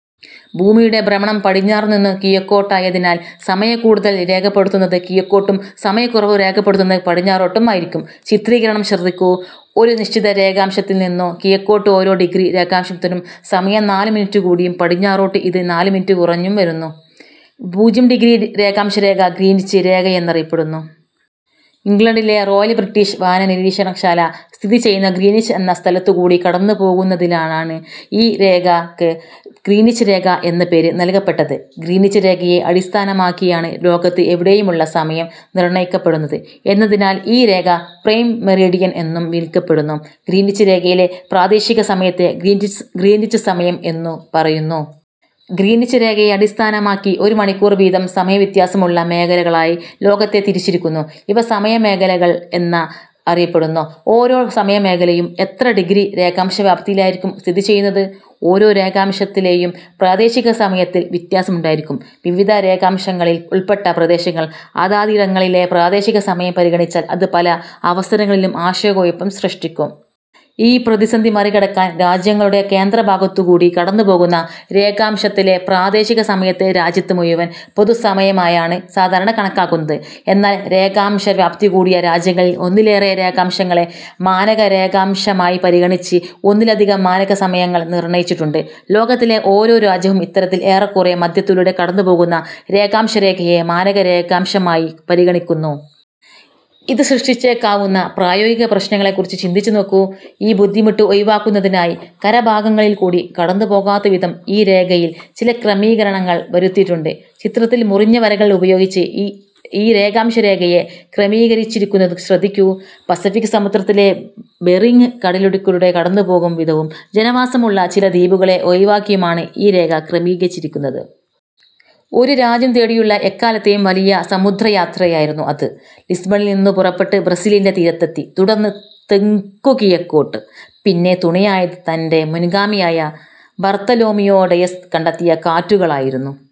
ഭൂമിയുടെ ഭ്രമണം പടിഞ്ഞാറുനിന്നു കിഴക്കോട്ടായതിനാൽ സമയക്കൂടുതൽ രേഖപ്പെടുത്തുന്നത് കിഴക്കോട്ടും സമയക്കുറവ് രേഖപ്പെടുത്തുന്നത് പടിഞ്ഞാറോട്ടും ആയിരിക്കും. ചിത്രീകരണം ശ്രദ്ധിക്കൂ. ഒരു നിശ്ചിത രേഖാംശത്തിൽ നിന്നു കിഴക്കോട്ട് ഓരോ ഡിഗ്രി രേഖാംശത്തിനും സമയം നാല് മിനിറ്റ് കൂടിയും പടിഞ്ഞാറോട്ട് ഇത് നാല് മിനിറ്റ് കുറഞ്ഞും വരുന്നു. പൂജ്യം ഡിഗ്രി രേഖാംശരേഖ ഗ്രീനിച്ച് രേഖയെന്നറിയപ്പെടുന്നു. ഇംഗ്ലണ്ടിലെ റോയൽ ബ്രിട്ടീഷ് വാനനിരീക്ഷണശാല സ്ഥിതിചെയ്യുന്ന ഗ്രീനിച്ച് എന്ന സ്ഥലത്തുകൂടി കടന്നുപോകുന്നതിനാലാണ് ഈ രേഖയ്ക്ക് ഗ്രീനിച്ച് രേഖ എന്ന പേര് നൽകപ്പെട്ടത്. ഗ്രീനിച്ച് രേഖയെ അടിസ്ഥാനമാക്കിയാണ് ലോകത്ത് എവിടെയുമുള്ള സമയം നിർണയിക്കപ്പെടുന്നത് എന്നതിനാൽ ഈ രേഖ പ്രൈം മെറീഡിയൻ എന്നും വിളിക്കപ്പെടുന്നു. ഗ്രീനിച്ച് രേഖയിലെ പ്രാദേശികസമയത്തെ ഗ്രീനിച്ച് സമയം എന്നു പറയുന്നു. ഗ്രീനിച്ച് രേഖയെ അടിസ്ഥാനമാക്കി ഒരുമണിക്കൂർ വീതം സമയവ്യത്യാസമുള്ള മേഖലകളായി ലോകത്തെ തിരിച്ചിരിക്കുന്നു. ഇവ സമയമേഖലകൾ എന്ന് അറിയപ്പെടുന്നു. ഓരോ സമയമേഖലയും എത്ര ഡിഗ്രി രേഖാംശ വ്യാപ്തിയിലായിരിക്കും സ്ഥിതിചെയ്യുന്നത്? ഓരോ രേഖാംശത്തിലെയും പ്രാദേശികസമയത്തിൽ വ്യത്യാസം ഉണ്ടായിരിക്കും. വിവിധ രേഖാംശങ്ങളിൽ ഉൾപ്പെട്ട പ്രദേശങ്ങൾ അതാതിടങ്ങളിലെ പ്രാദേശികസമയം പരിഗണിച്ചാൽ അത് പല അവസരങ്ങളിലും ആശയക്കുഴപ്പം സൃഷ്ടിക്കും. ഈ പ്രതിസന്ധി മറികടക്കാൻ രാജ്യങ്ങളുടെ കേന്ദ്രഭാഗത്തുകൂടി കടന്നുപോകുന്ന രേഖാംശത്തിലെ പ്രാദേശികസമയത്തെ രാജ്യത്ത് മുഴുവൻ പൊതുസമയമായാണ് സാധാരണ കണക്കാക്കുന്നത്. എന്നാൽ രേഖാംശവ്യാപ്തി കൂടിയ രാജ്യങ്ങളിൽ ഒന്നിലേറെ രേഖാംശങ്ങളെ മാനകരേഖാംശമായി പരിഗണിച്ച് ഒന്നിലധികം മാനകസമയങ്ങൾ നിർണയിച്ചിട്ടുണ്ട്. ലോകത്തിലെ ഓരോ രാജ്യവും ഇത്തരത്തിൽ ഏറക്കുറേ മധ്യത്തിലൂടെ കടന്നുപോകുന്ന രേഖാംശരേഖയെ മാനകരേഖാംശമായി പരിഗണിക്കുന്നു. ഇത് സൃഷ്ടിച്ചേക്കാവുന്ന പ്രായോഗിക പ്രശ്നങ്ങളെ കുറിച്ച് ചിന്തിച്ചു നോക്കൂ. ഈ ബുദ്ധിമുട്ട് ഒഴിവാക്കുന്നതിനായി കരഭാഗങ്ങളിൽ കൂടി കടന്നുപോകാത്തവിധം ഈ രേഖയിൽ ചിലക്രമീകരണങ്ങൾ വരുത്തിയിട്ടുണ്ട്. ചിത്രത്തിൽ മുറിഞ്ഞവരകൾ ഉപയോഗിച്ച് ഈ രേഖാംശരേഖയെ ക്രമീകരിച്ചിരിക്കുന്നത് ശ്രദ്ധിക്കൂ. പസഫിക് സമുദ്രത്തിലെ ബെറിങ് കടലിടുക്കിലൂടെ കടന്നുപോകും വിധവും ജനവാസമുള്ള ചില ദ്വീപുകളെ ഒഴിവാക്കിയുമാണ് ഈ രേഖ ക്രമീകരിച്ചിരിക്കുന്നത്. ഒരു രാജ്യം തേടിയുള്ള എക്കാലത്തെയും വലിയ സമുദ്രയാത്രയായിരുന്നു അത്. ലിസ്ബണിൽ നിന്നു പുറപ്പെട്ട് ബ്രസീലിന്റെ തീരത്തെത്തി. തുടർന്ന് തെക്കുകിഴക്കോട്ട്. പിന്നെ തുണയായത് തന്റെ മുൻഗാമിയായ ബർത്തലോമിയോ ഡയസ് കണ്ടെത്തിയ കാറ്റുകളായിരുന്നു.